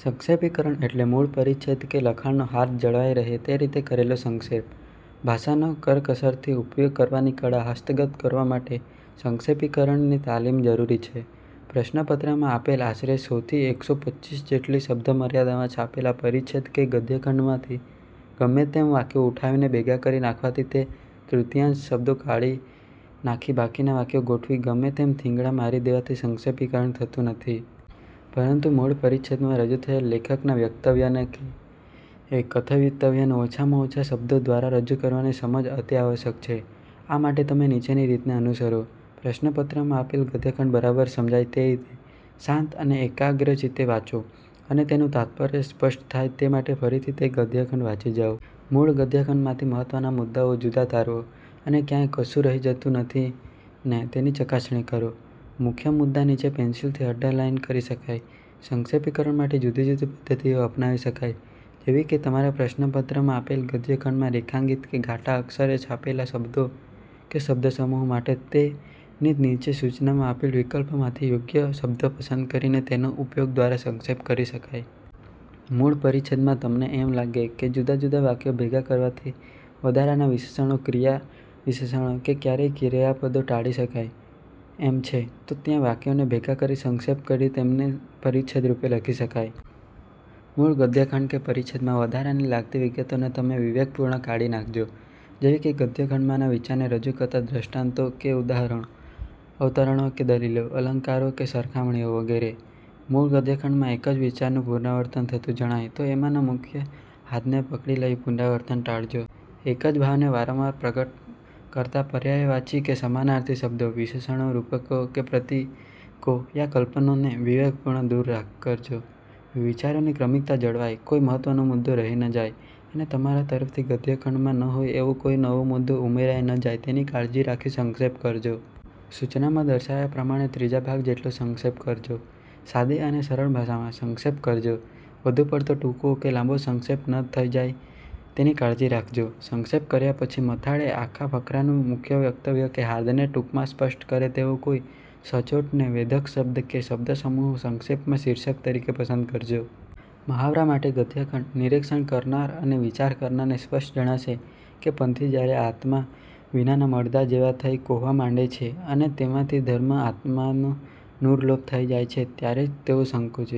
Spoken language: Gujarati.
સંક્ષેપીકરણ એટલે મૂળ પરિચ્છેદ કે લખાણનું હાર્દ જળવાઈ રહે તે રીતે કરેલો સંક્ષેપ. ભાષાનો કરકસરથી ઉપયોગ કરવાની કળા હસ્તગત કરવા માટે સંક્ષેપીકરણની તાલીમ જરૂરી છે. પ્રશ્નપત્રમાં આપેલ આશરે સો થી એકસો પચીસ જેટલી શબ્દમર્યાદામાં છાપેલા પરિચ્છેદ કે ગદ્યખંડમાંથી ગમે તેમ વાક્યો ઉઠાવીને ભેગાં કરી નાખવાથી કે તે તૃતીયાંશ શબ્દો કાઢી નાખી બાકીના વાક્યો ગોઠવી, ગમે તેમ થીંગડા મારી દેવાથી સંક્ષેપીકરણ થતું નથી. પરંતુ મૂળ પરિચ્છેદમાં રજૂ થયેલ લેખકના વક્તવ્યને કે કથયિતવ્યને ઓછામાં ઓછા શબ્દો દ્વારા રજૂ કરવાની સમજ અતિ આવશ્યક છે. આ માટે તમે નીચેની રીતને અનુસરો: પ્રશ્નપત્રમાં આપેલ ગદ્યખંડ બરાબર સમજાય તે રીતે, શાંત અને એકાગ્રચિતે વાંચો અને તેનું તાત્પર્ય સ્પષ્ટ થાય તે માટે ફરીથી તે ગદ્યખંડ વાંચી જાઓ. મૂળ ગદ્યખંડમાંથી મહત્ત્વના મુદ્દાઓ જુદા તરવો અને ક્યાંય કશું રહી જતું નથીને તેની ચકાસણી કરો. મુખ્ય મુદા નીચે પેન્સિલથી અન્ડરલાઇન કરી શકાય. સંક્ષેપીકરણ માટે જુદી જુદી પદ્ધતિઓ અપનાવી શકાય. જેવી કે, તમારા પ્રશ્નપત્રમાં આપેલ ગદ્યખંડમાં રેખાંકિત કે ઘાટા અક્ષરે છાપેલા શબ્દો કે શબ્દસમૂહો માટે તેની નીચે સૂચનામાં આપેલા વિકલ્પોમાંથી યોગ્ય શબ્દ પસંદ કરીને તેના ઉપયોગ દ્વારા સંક્ષેપ કરી શકાય. મૂળ પરિચ્છેદમાં તમને એમ લાગે કે જુદાજુદા વાક્યો ભેગા કરવાથી વધારાના વિશેષણો, ક્રિયા વિશેષણો કે કયારેક ક્રિયાપદો ટાળી શકાય. એમ છે, તો ત્યાં વાક્યોને ભેગા કરી સંક્ષેપ કરી તેમને પરિચ્છેદ રૂપે લખી શકાય. મૂળ ગદ્યખંડ કે પરિચ્છેદમાં વધારાની લાગતી વિગતોને તમે વિવેકપૂર્વક કાઢી નાખજો. જેવી કે ગદ્યખંડમાંના વિચારને રજૂ કરતા દૃષ્ટાંતો કે ઉદાહરણો, અવતરણો કે દલીલો, અલંકારો કે સરખામણીઓ વગેરે. મૂળ ગદ્યખંડમાં એક જ વિચારનું પુનરાવર્તન થતું જણાય તો એમાંના મુખ્ય હાર્દને પકડી લઈ પુનરાવર્તન ટાળજો. એક જ ભાવને વારંવાર પ્રગટ કરતાં પર્યાયવાચી કે સમાનાર્થી શબ્દો, વિશેષણો, રૂપકો કે પ્રતીકો યા કલ્પનોને વિવેકપૂર્વક દૂર કરજો. વિચારોની ક્રમિકતા જળવાય, કોઈ મહત્ત્વનો મુદ્દો રહી ન જાય અને તમારા તરફથી ગદ્યખંડમાં ન હોય એવો કોઈ નવો મુદ્દો ઉમેરાઈ ન જાય તેની કાળજી રાખી સંક્ષેપ કરજો. સૂચનામાં દર્શાવ્યા પ્રમાણે ત્રીજા ભાગ જેટલો સંક્ષેપ કરજો. સાદી અને સરળ ભાષામાં સંક્ષેપ કરજો. વધુ પડતો ટૂંકો કે લાંબો સંક્ષેપ ન થઈ જાય તેની કાળજી રાખજો. સંક્ષેપ કર્યા પછી મથાળે આખા ફકરાના મુખ્ય વક્તવ્ય કે હાર્દને ટૂંકમાં સ્પષ્ટ કરે તેવો કોઈ સચોટ ને વેધક શબ્દ કે શબ્દસમૂહ સંક્ષેપના શીર્ષક તરીકે પસંદ કરજો. મહાવરા માટે ગદ્યખંડ "નિરીક્ષણ કરનાર અને વિચાર કરનારને સ્પષ્ટ જણાશે કે પંથી જયારે આત્મા વિનાના મડદા જેવા થઈ કોહવા માંડે છે અને તેમાંથી ધર્મના આત્માનું નૂર લોપ થઈ જાય છે ત્યારે જ તેઓ સંકુચિત